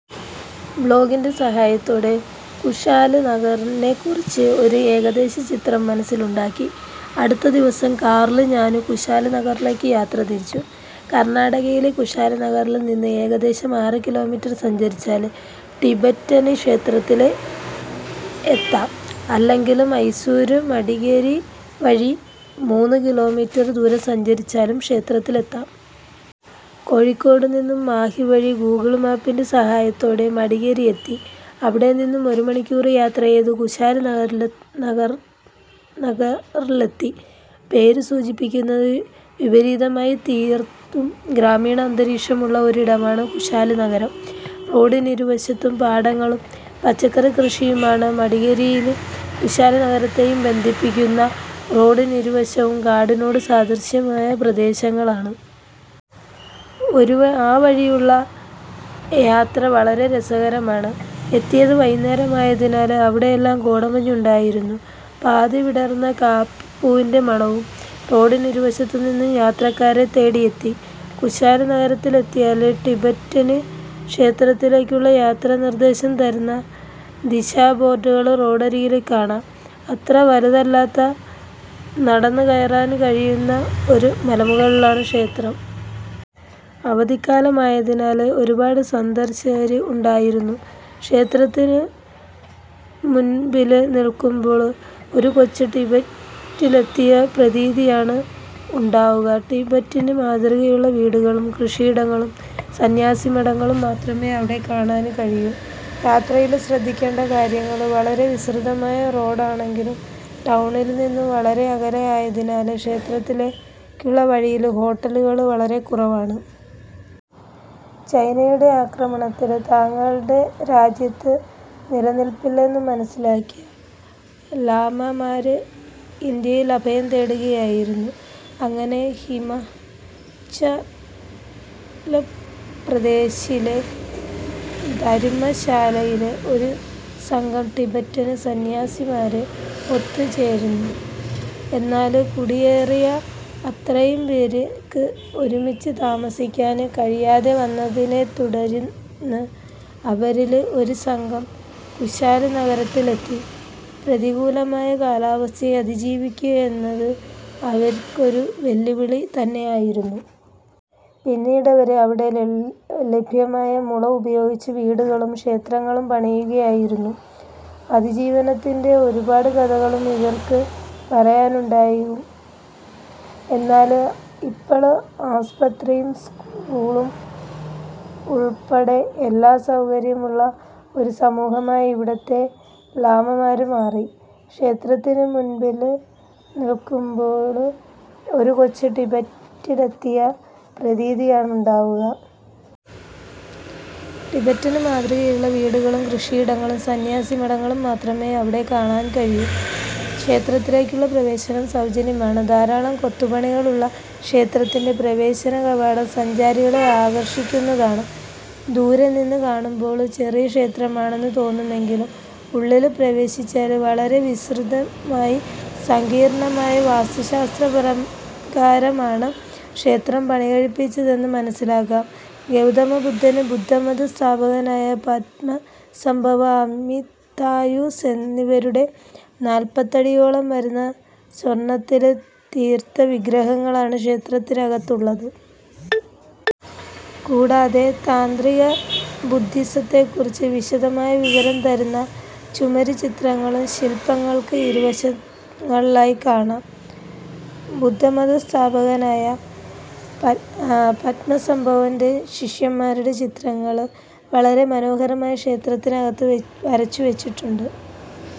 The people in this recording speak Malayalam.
ബ്ലോഗിന്റെ സഹായത്തോടെ കുശാല് നഗറിനെക്കുറിച്ച് ഒരു ഏകദേശ ചിത്രം മനസ്സില് ഉണ്ടാക്കി. അടുത്ത ദിവസം കാറില് ഞാന് കുശാല്നഗറിലേക്ക് യാത്രതിരിച്ചു. കര്ണാടകയിലെ കുശാല് നഗറില് നിന്ന് ഏകദേശം ആറ് കിലോമീറ്റര് സഞ്ചരിച്ചാല് ടിബറ്റന് ക്ഷേത്രത്തില് എത്താം. അല്ലെങ്കില് മൈസൂര്മടിക്കേരി വഴി മൂന്ന് കിലോമീറ്റര് ദൂരം സഞ്ചരിച്ചാലും ക്ഷേത്രത്തിലെത്താം. കോഴിക്കോട് നിന്നും മാഹി വഴി ഗൂഗിള് മാപ്പിന്റെ സഹായത്തോടെ മടിക്കേരി എത്തി. അവിടെ നിന്നും ഒരു മണിക്കൂര് യാത്ര ചെയ്ത് കുശാല് നഗറിലെത്തി. പേര് സൂചിപ്പിക്കുന്നതിന് വിപരീതമായി തീര്ത്തും ഗ്രാമീണ അന്തരീക്ഷമുളള ഒരിടമാണ് കുശാല്നഗരം. റോഡിനിരുവശത്തും പാടങ്ങളും പച്ചക്കറി കൃഷിയുമാണ്. മടിക്കേരിയേയും കുശാല് നഗരത്തേയും ബന്ധിപ്പിക്കുന്ന റോഡിനിരുവശവും കാടിനോട് സദൃശ്യമായ പ്രദേശങ്ങളാണ്. ആ വഴിയുളള യാത്ര വളരെ രസകരമാണ്. എത്തിയത് വൈകുേന്നരമായതിനാല് അവിടെയെല്ലാം കോടമഞ്ഞും ഉണ്ടായിരുന്നു. പാതി വിടര്ന്ന കാപ്പിപ്പൂവിന്റെ മണവും റോഡിനിരുവശത്ത് നിന്നും യാത്രികരെ തേടിയെത്തി. കുശാല് നഗരത്തിലെത്തിയാല് ടിബറ്റന് ക്ഷേത്രത്തിലേക്കുളള യാത്രാനിര്ദേശം തരുന്ന ദിശാബോര്ഡുകള് റോഡരികില് കാണാം. അത്ര വലുതല്ലാത്ത നടന്ന് കയറാന് കഴിയുന്ന ഒരു മലമുകളിലാണ് ക്ഷേത്രം. അവധിക്കാലമായതിനാല് ഒരുപാട് സന്ദര്ശകര് ഉണ്ടായിരുന്നു. ക്ഷേത്രത്തിനു മുമ്പില് നില്ക്കുമ്പോള് ഒരു കൊച്ചു ടിബറ്റിലെത്തിയ പ്രതീതിയാണ് ഉണ്ടാകുക. ടിബറ്റന് മാതൃകയിലുളള വീടുകളും കൃഷിയിടങ്ങളും സന്യാസിമഠങ്ങളും മാത്രമേ അവിടെ കാണാന് കഴിയൂ. യാത്രയില് ശ്രദ്ധിക്കേണ്ട കാര്യങ്ങള് വളരെ വിസ്തൃതമായ റോഡാണെങ്കിലും ടൗണില് നിന്നും വളരെ അകലെയായതിനാല് ക്ഷേത്രത്തിലേക്കുളള വഴിയില് ഹോട്ടലുകള് വളരെക്കുറവാണ്. ചൈനയുടെ ആക്രമണത്തില് തങ്ങളുടെ രാജ്യത്ത് നിലനില്പ്പില്ല എന്നു മനസ്സിലാക്കിയ ലാമമാര് ഇന്ത്യയിൽ അഭയം തേടുകയായിരുന്നു. അങ്ങനെ ഹിമാചല്പ്രദേശിലെ ധര്മ്മശാലയില് ഒരു സംഘം ടിബറ്റന് സന്യാസിമാര് ഒത്തുചേര്ന്നു. എന്നാല് കുടിയേറിയ അത്രയും പേര്ക്ക് ഒരുമിച്ച് താമസിക്കാന് കഴിയാതെ വന്നതിനെത്തുടര്ന്ന് അവരില് ഒരു സംഘം കുശാല്നഗരത്തിലെത്തി. പ്രതികൂലമായ കാലാവസ്ഥയെ അതിജീവിക്കുകയെന്നത് അവര്ക്കൊരു വെല്ലുവിളി തന്നെയായിരുന്നു. പിന്നീടവര് അവിടെ ലഭ്യമായ മുള ഉപയോഗിച്ച് വീടുകളും ക്ഷേത്രങ്ങളും പണിയുകയായിരുന്നു. അതിജീവനത്തിന്റെ ഒരു പാട് കഥകളും ഇവര്ക്ക് പറയാനുണ്ടാകും. എന്നാല് ഇപ്പോള് ആസ്പത്രിയും സ്കൂളും ഉള്പ്പെടെ എല്ലാ സൗകര്യവുമുളള ഒരു സമൂഹമായി ഇവിടുത്തെ ലാമമാര് മാറി. ക്ഷേത്രത്തിനു മുമ്പില് നില്ക്കുമ്പോള് ഒരു കൊച്ചു ടിബറ്റിലെത്തിയ പ്രതീതിയാണ് ഉണ്ടാകുക. ടിബറ്റന് മാതൃകയിലുളള വീടുകളും, കൃഷിയിടങ്ങളും, സന്യാസിമഠങ്ങളും മാത്രമേ അവിടെ കാണാന് കഴിയൂ. ക്ഷേത്രത്തിലേക്കുള്ള പ്രവേശനം സൗജന്യമാണ്. ധാരാളം കൊത്തുപണികളുളള ക്ഷേത്രത്തിന്റെ പ്രവേശനകവാടം സഞ്ചാരികളെ ആകര്ഷിക്കുതാണ്. ദൂരെ നി്ന്ന് കാണുമ്പോള് ചെറിയ ക്ഷേത്രമാണെന്നു തോന്നുമെങ്കിലും ഉള്ളില് പ്രവേശിച്ചാല് വളരെ വിസ്തൃതമായി സങ്കീര്ണ്ണമായ വാസ്തുശാസ്ത്രപ്രകാരമാണ് ക്ഷേത്രം പണിക്കഴിപ്പിച്ചതെന്ന് മനസ്സിലാക്കാം. ഗൗതമ ബുദ്ധന്, ബുദ്ധമത സ്ഥാപകനായ പദ്മസംഭവ, അമിത്തായൂസ് എന്നിവരുടെ നാല്പ്പത്തിടിയോളം വരുന്ന സ്വര്ണ്ണത്തില് തീര്ത്ത വിഗ്രഹങ്ങളാണ് ക്ഷേത്രത്തിനകത്ത് ഉളളത്. കൂടാതെ താന്ത്രിക ബുദ്ധിസത്തെക്കുറിച്ച് വിശദമായ വിവരം തരുന്ന ചുമര്ച്ചിത്രങ്ങളും ശില്പ്പങ്ങള്ക്ക് ഇരുവശങ്ങളിലായി കാണാം. ബുദ്ധമത സ്ഥാപകനായ പദ്മസംഭവന്റെ ശിഷ്യന്മാരുടെ ചിത്രങ്ങള് വളരെ മനോഹരമായി ക്ഷേത്രത്തിനകത്ത് വരച്ചുവെച്ചിട്ടുണ്ട്.